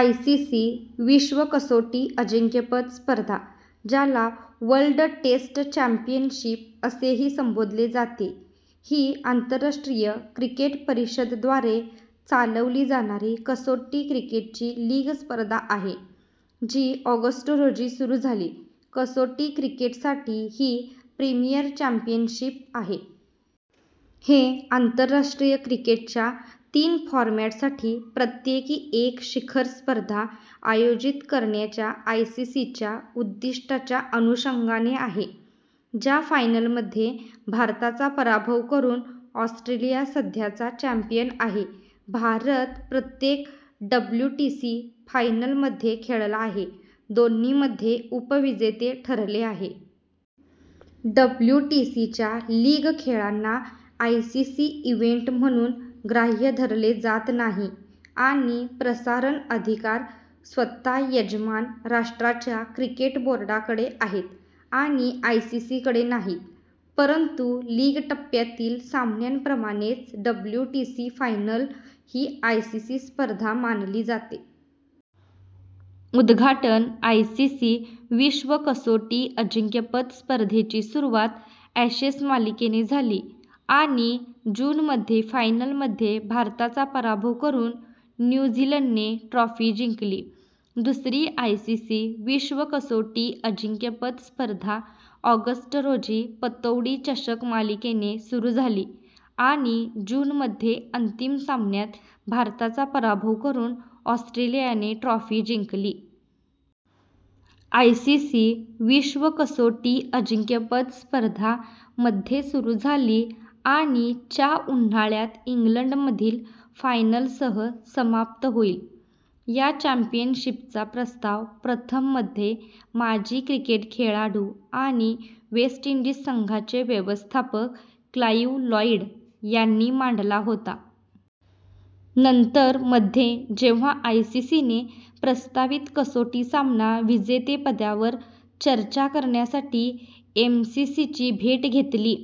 ICC विश्व कसोटी अजिंक्यपद स्पर्धा, ज्याला वर्ल्ड टेस्ट चॅम्पियनशिप असेही संबोधले जाते, ही आंतरराष्ट्रीय क्रिकेट परिषद द्वारे चालवली जाणारी कसोटी क्रिकेटची लीग स्पर्धा आहे, जी ऑगस्ट रोजी सुरू झाली. कसोटी क्रिकेटसाठी ही प्रीमियर चॅम्पियनशिप आहे. हे आंतरराष्ट्रीय क्रिकेटच्या तीन फॉरमॅटसाठी प्रत्येकी एक शिखर स्पर्धा आयोजित करण्याच्या आयसीसीच्या उद्दिष्टाच्या अनुषंगाने आहे. च्या फायनलमध्ये भारताचा पराभव करून ऑस्ट्रेलिया सध्याचा चॅम्पियन आहे. भारत प्रत्येक डब्ल्यूटीसी फायनलमध्ये खेळला आहे, दोन्हीमध्ये उपविजेते ठरले आहे. डब्ल्यूटीसीच्या लीग खेळांना आयसीसी इव्हेंट म्हणून ग्राह्य धरले जात नाही आणि प्रसारण अधिकार स्वतः यजमान राष्ट्राच्या क्रिकेट बोर्डाकडे आहेत आणि आयसीसी कडे नाहीत. परंतु लीग टप्प्यातील सामन्यांप्रमाणेच, डब्ल्यूटीसी फायनल ही आयसीसी स्पर्धा मानली जाते. उद्घाटन आयसीसी विश्व कसोटी अजिंक्यपद स्पर्धेची सुरुवात ॲशेस मालिकेने झाली आणि जून मध्ये फायनलमध्ये भारताचा पराभव करून न्यू झीलंडने ट्रॉफी जिंकली. दुसरी आयसीसी विश्व कसोटी अजिंक्यपद स्पर्धा ऑगस्ट रोजी पतौडी चषक मालिकेने सुरू झाली आणि जून मध्ये अंतिम सामन्यात भारताचा पराभव करून ऑस्ट्रेलियाने ट्रॉफी जिंकली. आयसीसी विश्व कसोटी अजिंक्यपद स्पर्धा मध्ये सुरू झाली आणि च्या उन्हाळ्यात इंग्लंडमधील फायनलसह समाप्त होईल. या चॅम्पियनशिपचा प्रस्ताव प्रथम मध्ये माजी क्रिकेट खेळाडू आणि वेस्ट इंडीज संघाचे व्यवस्थापक क्लाइव्ह लॉईड यांनी मांडला होता. नंतर, मध्ये, जेव्हा आयसीसी ने प्रस्तावित कसोटी सामना विजेतेपदावर चर्चा करण्यासाठी एमसीसीची भेट घेतली.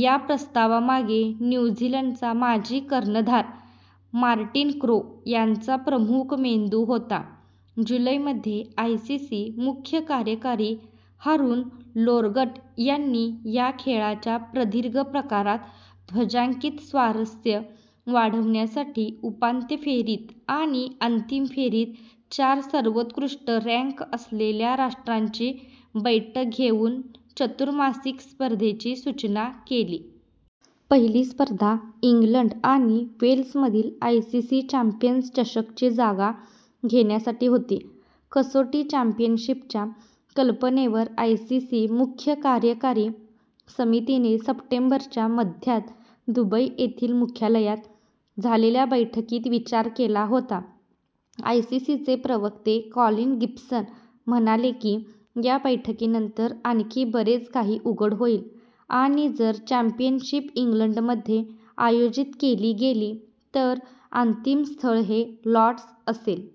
या प्रस्तावामागे न्यू झीलंडचा माजी कर्णधार मार्टिन क्रो यांचा प्रमुख मेंदू होता. जुलै मध्ये आयसीसी मुख्य कार्यकारी हारून लोर्गट यांनी या खेळाच्या प्रदीर्घ प्रकारात ध्वजांकित स्वारस्य वाढवण्यासाठी उपांत्य फेरीत आणि अंतिम फेरीत चार सर्वोत्कृष्ट रँक असलेल्या राष्ट्रांची बैठक घेऊन चतुर्मासिक स्पर्धेची सूचना केली. पहिली स्पर्धा इंग्लंड आणि वेल्समधील आयसीसी चॅम्पियन्स चषकची जागा घेण्यासाठी होती. कसोटी चॅम्पियनशिपच्या कल्पनेवर आयसीसी मुख्य कार्यकारी समितीने सप्टेंबर च्या मध्यात दुबई येथील मुख्यालयात झालेल्या बैठकीत विचार केला होता. आयसीसीचे प्रवक्ते कॉलिन गिब्सन म्हणाले की या बैठकीनंतर आणखी बरेच काही उघड होईल आणि जर चॅम्पियनशिप इंग्लंडमध्ये आयोजित केली गेली तर अंतिम स्थळ हे लॉर्ड्स असेल.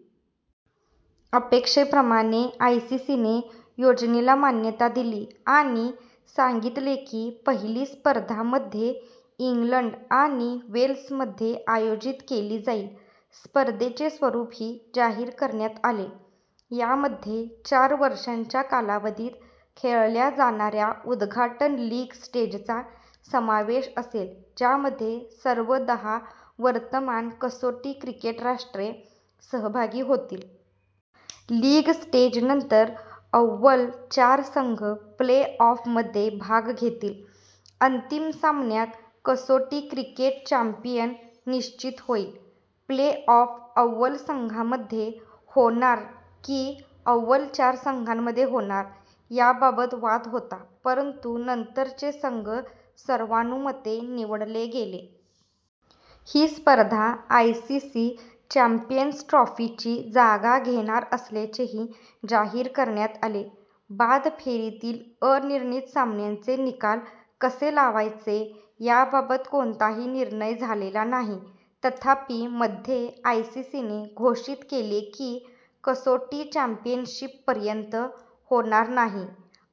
अपेक्षेप्रमाणे, आयसीसीने योजनेला मान्यता दिली आणि सांगितले की पहिली स्पर्धा मध्ये इंग्लंड आणि वेल्समध्ये आयोजित केली जाईल. स्पर्धेचे स्वरूपही जाहीर करण्यात आले. यामध्ये चार वर्षांच्या कालावधीत खेळल्या जाणाऱ्या उद्घाटन लीग स्टेजचा समावेश असेल, ज्यामध्ये सर्व दहा वर्तमान कसोटी क्रिकेट राष्ट्रे सहभागी होतील. लीग स्टेजनंतर अव्वल चार संघ प्ले-ऑफमध्ये भाग घेतील, अंतिम सामन्यात कसोटी क्रिकेट चॅम्पियन निश्चित होईल. प्ले-ऑफ अव्वल संघांमध्ये होणार की अव्वल चार संघांमध्ये होणार याबाबत वाद होता, परंतु नंतरचे संघ सर्वानुमते निवडले गेले. ही स्पर्धा आयसीसी चॅम्पियन्स ट्रॉफीची जागा घेणार असल्याचेही जाहीर करण्यात आले. बाद फेरीतील अनिर्णित सामन्यांचे निकाल कसे लावायचे याबाबत कोणताही निर्णय झालेला नाही. तथापि, मध्ये, आयसीसीने घोषित केले की कसोटी चॅम्पियनशिप पर्यंत होणार नाही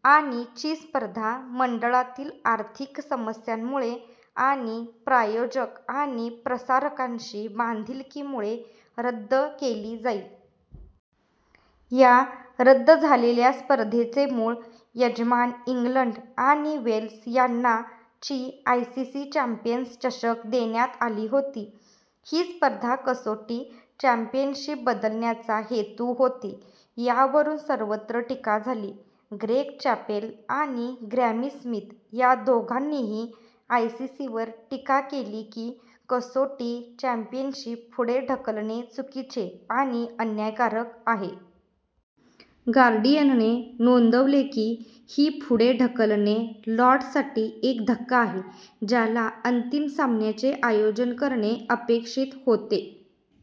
आणि ची स्पर्धा मंडळातील आर्थिक समस्यांमुळे आणि प्रायोजक आणि प्रसारकांशी बांधिलकीमुळे रद्द केली जाईल. या रद्द झालेल्या स्पर्धेचे मूळ यजमान इंग्लंड आणि वेल्स यांना ची आयसीसी चॅम्पियन्स चषक देण्यात आली होती, ही स्पर्धा कसोटी चॅम्पियनशिप बदलण्याचा हेतू होती. यावरून सर्वत्र टीका झाली; ग्रेग चॅपेल आणि ग्रॅमी स्मिथ या दोघांनीही आयसीसीवर टीका केली की, कसोटी चॅम्पियनशिप पुढे ढकलणे चुकीचे आणि अन्यायकारक आहे. गार्डियनने नोंदवले की ही पुढे ढकलणे लॉर्ड्ससाठी एक धक्का आहे, ज्याला अंतिम सामन्याचे आयोजन करणे अपेक्षित होते.।